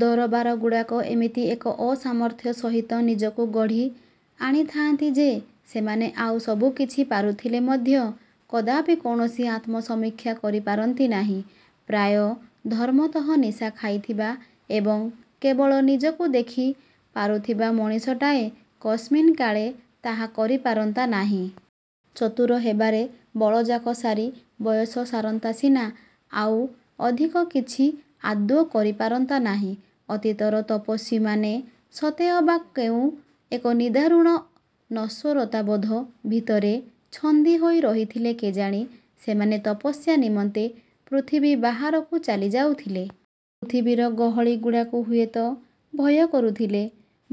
ଦରବାରଗୁଡ଼ାକ ଏମିତି ଏକ ଅସାମର୍ଥ୍ୟ ସହିତ ନିଜକୁ ଗଢ଼ି ଆଣିଥାଆନ୍ତି ଯେ ସେମାନେ ଆଉ ସବୁ କିଛି ପାରୁଥିଲେ ମଧ୍ୟ କଦାପି କୌଣସି ଆତ୍ମସମୀକ୍ଷା କରିପାରନ୍ତି ନାହିଁ। ପ୍ରାୟ ଧର୍ମତଃ ନିଶା ଖାଇଥିବା ଏବଂ କେବଳ ନିଜକୁ ଦେଖି ପାରୁଥିବା ମଣିଷଟାଏ କସ୍ମିନକାଳେ ତାହା କରିପାରନ୍ତା ନାହିଁ। ଚତୁର ହେବାରେ ବଳଯାକ ସାରି ବୟସ ସାରନ୍ତା ସିନା, ଆଉ ଅଧିକ କିଛି ଆଦୌ କରିପାରନ୍ତା ନାହିଁ। ଅତୀତର ତପସ୍ୱୀମାନେ ସତେ ଅବା କେଉଁ ଏକ ନିଦାରୁଣ ନଶ୍ୱରତାବୋଧ ଭିତରେ ଛନ୍ଦି ହୋଇ ରହିଥିଲେ କେଜାଣି ସେମାନେ ତପସ୍ୟା ନିମନ୍ତେ ପୃଥିବୀ ବାହାରକୁ ଚାଲି ଯାଉଥିଲେ। ପୃଥିବୀର ଗହଳିଗୁଡ଼ାକୁ ହୁଏତ ଭୟ କରୁଥିଲେ,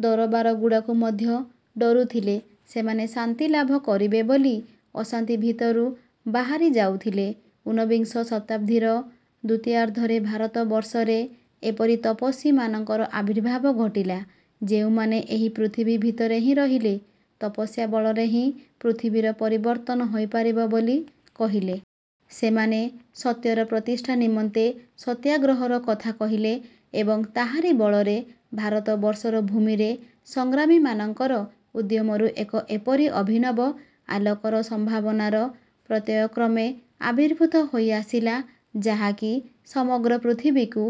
ଦରବାରଗୁଡ଼ାକୁ ମଧ୍ୟ ଡ଼ରୁଥିଲେ। ସେମାନେ ଶାନ୍ତିଲାଭ କରିବେ ବୋଲି ଅଶାନ୍ତି ଭିତରୁ ବାହାରି ଯାଉଥିଲେ। ଊନବିଂଶ ଶତାବ୍ଦୀର ଦ୍ୱିତୀୟାର୍ଦ୍ଧରେ ଭାରତବର୍ଷରେ ଏପରି ତପସ୍ୱୀମାନଙ୍କର ଆବିର୍ଭାବ ଘଟିଲା, ଯେଉଁମାନେ ଏହି ପୃଥିବୀ ଭିତରେ ହିଁ ରହିଲେ, ତପସ୍ୟା ବଳରେ ହିଁ ପୃଥିବୀର ପରିବର୍ତ୍ତନ ହୋଇପାରିବ ବୋଲି କହିଲେ। ସେମାନେ ସତ୍ୟର ପ୍ରତିଷ୍ଠା ନିମନ୍ତେ ସତ୍ୟାଗ୍ରହର କଥା କହିଲେ ଏବଂ ତାହାରି ବଳରେ ଭାରତବର୍ଷର ଭୂମିରେ ସଂଗ୍ରାମୀମାନଙ୍କର ଉଦ୍ୟମରୁ ଏକ ଏପରି ଅଭିନବ ଆଲୋକର ସମ୍ଭାବନାର ପ୍ରତ୍ୟୟ କ୍ରମେ ଆବିର୍ଭୂତ ହୋଇ ଆସିଲା ଯାହାକି ସମଗ୍ର ପୃଥିବୀକୁ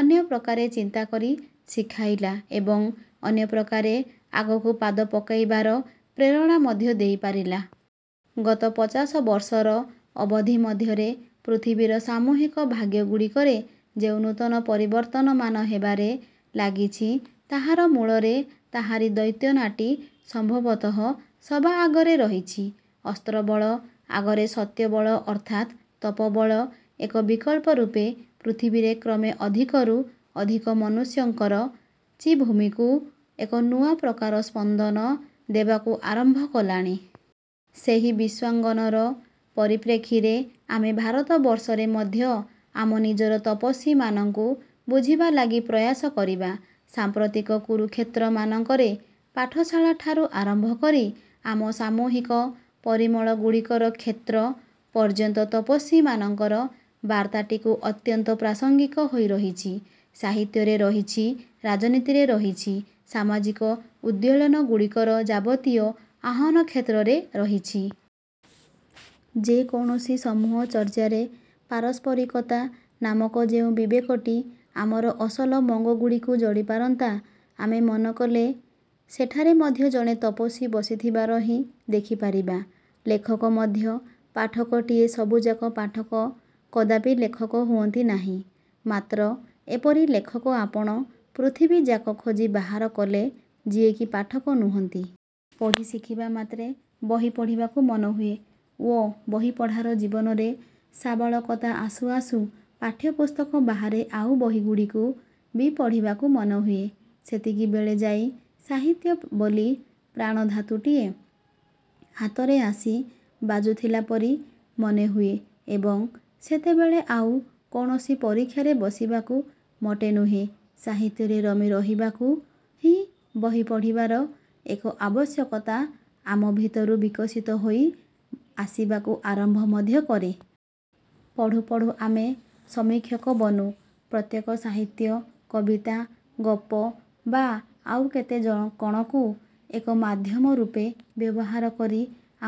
ଅନ୍ୟପ୍ରକାରେ ଚିନ୍ତାକରି ଶିଖାଇଲା ଏବଂ ଅନ୍ୟ ପ୍ରକାରେ ଆଗକୁ ପାଦ ପକାଇବାର ପ୍ରେରଣା ମଧ୍ୟ ଦେଇପାରିଲା। ଗତ ପଚାଶ ବର୍ଷର ଅବଧି ମଧ୍ୟରେ ପୃଥିବୀର ସାମୂହିକ ଭାଗ୍ୟଗୁଡ଼ିକରେ ଯେଉଁ ନୂତନ ପରିବର୍ତ୍ତନମାନ ହେବାରେ ଲାଗିଛି ତାହାର ମୂଳରେ ତାହାରି ଦ୍ୟୋତନାଟି ସମ୍ଭବତଃ ସବାଆଗରେ ରହିଛି। ଅସ୍ତ୍ରବଳ ଆଗରେ ସତ୍ୟବଳ ଅର୍ଥାତ୍ ତପୋବଳ ଏକ ବିକଳ୍ପ ରୂପେ ପୃଥିବୀରେ କ୍ରମେ ଅଧିକରୁ ଅଧିକ ମନୁଷ୍ୟଙ୍କର ଚିଦ୍ଭୂମିକୁ ଏକ ନୂଆ ପ୍ରକାର ସ୍ପନ୍ଦନ ଦେବାକୁ ଆରମ୍ଭ କଲାଣି। ସେହି ବିଶ୍ୱାଙ୍ଗନର ପରିପ୍ରେକ୍ଷୀରେ ଆମେ ଭାରତବର୍ଷରେ ମଧ୍ୟ ଆମ ନିଜର ତପସ୍ୱୀମାନଙ୍କୁ ବୁଝିବାଲାଗି ପ୍ରୟାସ କରିବା। ସାମ୍ପ୍ରତିକ କୁରୁକ୍ଷେତ୍ରମାନଙ୍କରେ ପାଠଶାଳା ଠାରୁ ଆରମ୍ଭ କରି ଆମ ସାମୂହିକ ପରିମଳଗୁଡ଼ିକର କ୍ଷେତ୍ର ପର୍ଯ୍ୟନ୍ତ ତପସ୍ୱୀମାନଙ୍କର ବାର୍ତ୍ତାଟି ଅତ୍ୟନ୍ତ ପ୍ରାସଙ୍ଗିକ ହୋଇରହିଛି। ସାହିତ୍ୟରେ ରହିଛି, ରାଜନୀତିରେ ରହିଛି, ସାମାଜିକ ଉଦ୍ବେଳନ ଗୁଡ଼ିକର ଯାବତୀୟ ଆହ୍ୱାନକ୍ଷେତ୍ରରେ ରହିଛି। ଯେକୌଣସି ସମୂହଚର୍ଯ୍ୟାରେ ପାରସ୍ପରିକତା ନାମକ ଯେଉଁ ବିବେକଟି ଆମର ଅସଲ ମଙ୍ଗଗୁଡ଼ିକୁ ଯୋଡ଼ିପାରନ୍ତା ଆମେ ମନ କଲେ ସେଠାରେ ମଧ୍ୟ ଜଣେ ତପସ୍ୱୀ ବସିଥିବାର ହିଁ ଦେଖିପାରିବା। ଲେଖକ ମଧ୍ୟ ପାଠକଟିଏ ସବୁଯାକ ପାଠକ କଦାପି ଲେଖକ ହୁଅନ୍ତି ନାହିଁ, ମାତ୍ର ଏପରି ଲେଖକ ଆପଣ ପୃଥିବୀଯାକ ଖୋଜି ବାହାର କଲେ ଯିଏକି ପାଠକ ନୁହନ୍ତି। ପଢ଼ି ଶିଖିବାମାତ୍ରେ ବହି ପଢ଼ିବାକୁ ମନହୁଏ ଓ ବହିପଢାର ଜୀବନରେ ସାବାଳକତା ଆସୁ ଆସୁ ପାଠ୍ୟପୁସ୍ତକ ବାହାରେ ଆଉ ବହିଗୁଡ଼ିକୁ ବି ପଢ଼ିବାକୁ ମନହୁଏ। ସେତିକିବେଳେ ଯାଇ ସାହିତ୍ୟ ବୋଲି ପ୍ରାଣଧାତୁଟିଏ ହାତରେ ଆସି ବାଜୁଥିଲା ପରି ମନେହୁଏ ଏବଂ ସେତେବେଳେ ଆଉ କୌଣସି ପରୀକ୍ଷାରେ ବସିବାକୁ ମୋଟେ ନୁହେଁ, ସାହିତ୍ୟରେ ରମି ରହିବାକୁ ହିଁ ବହି ପଢ଼ିବାର ଏକ ଆବଶ୍ୟକତା ଆମ ଭିତରୁ ବିକଶିତ ହୋଇ ଆସିବାକୁ ଆରମ୍ଭ ମଧ୍ୟ କରେ। ପଢୁ ପଢୁ ଆମେ ସମୀକ୍ଷକ ବନୁ। ପ୍ରତ୍ୟେକ ସାହିତ୍ୟ, କବିତା, ଗପ ବା ଆଉ କେତେ କଣକୁ ଏକ ମାଧ୍ୟମ ରୂପେ ବ୍ୟବହାର କରି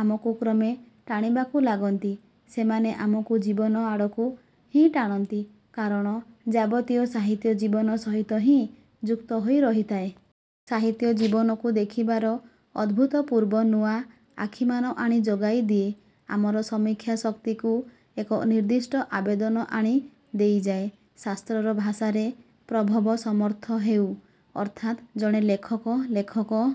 ଆମକୁ କ୍ରମେ ଟାଣିବାକୁ ଲାଗନ୍ତି। ସେମାନେ ଆମକୁ ଜୀବନ ଆଡ଼କୁ ହିଁ ଟାଣନ୍ତି। କାରଣ ଯାବତୀୟ ସାହିତ୍ୟ ଜୀବନ ସହିତ ହିଁ ଯୁକ୍ତ ହୋଇ ରହିଥାଏ। ସାହିତ୍ୟ ଜୀବନକୁ ଦେଖିବାର ଅଭୂତପୂର୍ବ ନୂଆ ଆଖିମାନ ଆଣି ଯୋଗାଇଦିଏ, ଆମର ସମୀକ୍ଷା ଶକ୍ତିକୁ ଏକ ନିର୍ଦ୍ଦିଷ୍ଟ ଆବେଦନ ଆଣି ଦେଇଯାଏ। ଶାସ୍ତ୍ରର ଭାଷାରେ ପ୍ରଭବସମର୍ଥ ହେଉ। ଅର୍ଥାତ୍ ଜଣେ ଲେଖକ ଲେଖକ